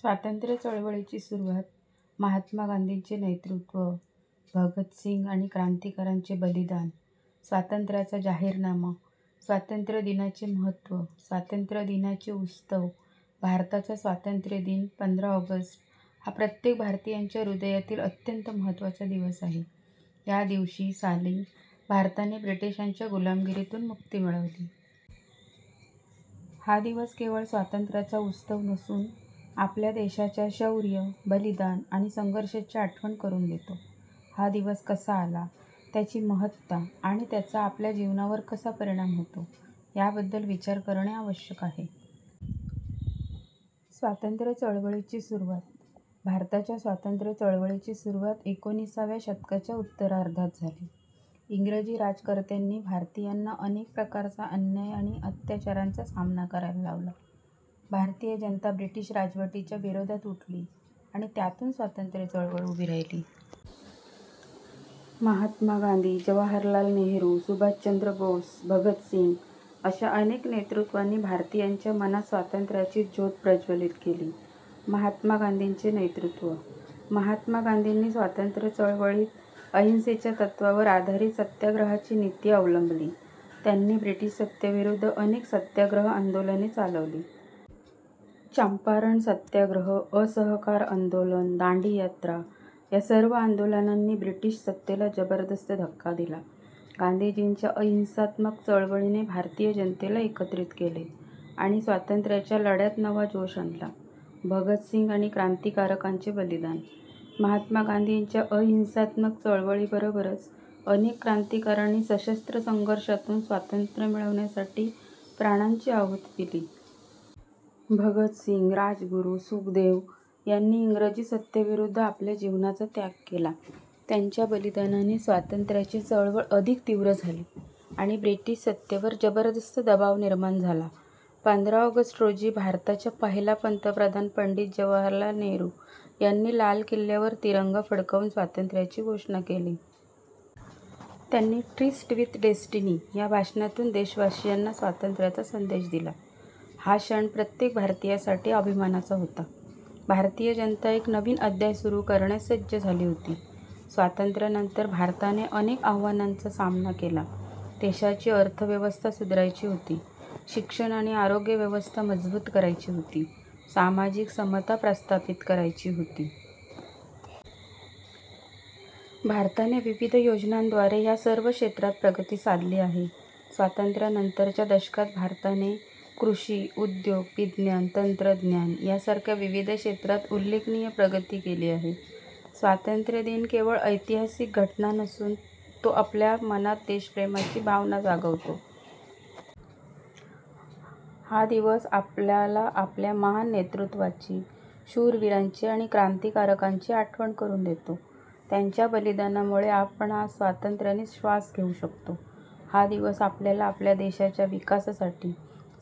स्वातंत्र्य चळवळीची सुरुवात, महात्मा गांधींचे नेतृत्व, भगतसिंग आणि क्रांतिकारकांचे बलिदान, स्वातंत्र्याचा जाहीरनामा, स्वातंत्र्य दिनाचे महत्त्व, स्वातंत्र्य दिनाचे उत्सव. भारताचा स्वातंत्र्य दिन, पंधरा ऑगस्ट, हा प्रत्येक भारतीयांच्या हृदयातील अत्यंत महत्त्वाचा दिवस आहे. या दिवशी साली भारताने ब्रिटिशांच्या गुलामगिरीतून मुक्ती मिळवली. हा दिवस केवळ स्वातंत्र्याचा उत्सव नसून आपल्या देशाच्या शौर्य, बलिदान आणि संघर्षाची आठवण करून देतो. हा दिवस कसा आला, त्याची महत्ता आणि त्याचा आपल्या जीवनावर कसा परिणाम होतो, याबद्दल विचार करणे आवश्यक आहे. स्वातंत्र्य चळवळीची सुरुवात. भारताच्या स्वातंत्र्य चळवळीची सुरुवात एकोणिसाव्या शतकाच्या उत्तरार्धात झाली. इंग्रजी राज्यकर्त्यांनी भारतीयांना अनेक प्रकारच्या अन्याय आणि अत्याचारांचा सामना करायला लावला. भारतीय जनता ब्रिटिश राजवटीच्या विरोधात उठली आणि त्यातून स्वातंत्र्य चळवळ उभी राहिली. महात्मा गांधी, जवाहरलाल नेहरू, सुभाषचंद्र बोस, भगतसिंग अशा अनेक नेतृत्वांनी भारतीयांच्या मनात स्वातंत्र्याची ज्योत प्रज्वलित केली. महात्मा गांधींचे नेतृत्व. महात्मा गांधींनी स्वातंत्र्य चळवळीत अहिंसेच्या तत्त्वावर आधारित सत्याग्रहाची नीती अवलंबली. त्यांनी ब्रिटिश सत्तेविरुद्ध अनेक सत्याग्रह आंदोलने चालवली. चंपारण सत्याग्रह, असहकार आंदोलन, दांडी यात्रा या सर्व आंदोलनांनी ब्रिटिश सत्तेला जबरदस्त धक्का दिला. गांधीजींच्या अहिंसात्मक चळवळीने भारतीय जनतेला एकत्रित केले आणि स्वातंत्र्याच्या लढ्यात नवा जोश आणला. भगतसिंग आणि क्रांतिकारकांचे बलिदान. महात्मा गांधींच्या अहिंसात्मक चळवळीबरोबरच अनेक क्रांतिकारकांनी सशस्त्र संघर्षातून स्वातंत्र्य मिळवण्यासाठी प्राणांची आहुती दिली. भगतसिंग, राजगुरू, सुखदेव यांनी इंग्रजी सत्तेविरुद्ध आपल्या जीवनाचा त्याग केला. त्यांच्या बलिदानाने स्वातंत्र्याची चळवळ अधिक तीव्र झाली आणि ब्रिटिश सत्तेवर जबरदस्त दबाव निर्माण झाला. पंधरा ऑगस्ट रोजी भारताच्या पहिल्या पंतप्रधान पंडित जवाहरलाल नेहरू यांनी लाल किल्ल्यावर तिरंगा फडकवून स्वातंत्र्याची घोषणा केली. त्यांनी ट्रिस्ट विथ डेस्टिनी या भाषणातून देशवासीयांना स्वातंत्र्याचा संदेश दिला. हा क्षण प्रत्येक भारतीयासाठी अभिमानाचा होता. भारतीय जनता एक नवीन अध्याय सुरू करण्यास सज्ज झाली होती. स्वातंत्र्यानंतर भारताने अनेक आव्हानांचा सामना केला. देशाची अर्थव्यवस्था सुधारायची होती, शिक्षण आणि आरोग्य व्यवस्था मजबूत करायची होती, सामाजिक समता प्रस्थापित करायची होती. भारताने विविध योजनांद्वारे या सर्व क्षेत्रात प्रगती साधली आहे. स्वातंत्र्यानंतरच्या दशकांत भारताने कृषी, उद्योग, विज्ञान तंत्रज्ञान यासारख्या विविध क्षेत्रात उल्लेखनीय प्रगती केली आहे. स्वातंत्र्य दिन केवळ ऐतिहासिक घटना नसून तो आपल्या मनात देशप्रेमाची भावना जागवतो. हा दिवस आपल्याला आपल्या महान नेतृत्वाची, शूरवीरांची आणि क्रांतिकारकांची आठवण करून देतो. त्यांच्या बलिदानामुळे आपण आज स्वातंत्र्याने श्वास घेऊ शकतो. हा दिवस आपल्याला आपल्या देशाच्या विकासासाठी,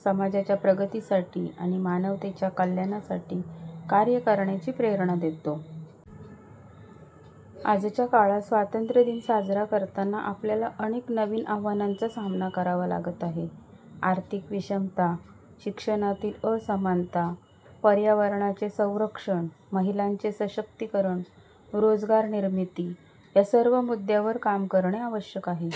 समाजाच्या प्रगतीसाठी आणि मानवतेच्या कल्याणासाठी कार्य करण्याची प्रेरणा देतो. आजच्या काळात स्वातंत्र्य दिन साजरा करताना आपल्याला अनेक नवीन आव्हानांचा सामना करावा लागत आहे. आर्थिक विषमता, शिक्षणातील असमानता, पर्यावरणाचे संरक्षण, महिलांचे सशक्तीकरण, रोजगार निर्मिती या सर्व मुद्द्यांवर काम करणे आवश्यक आहे.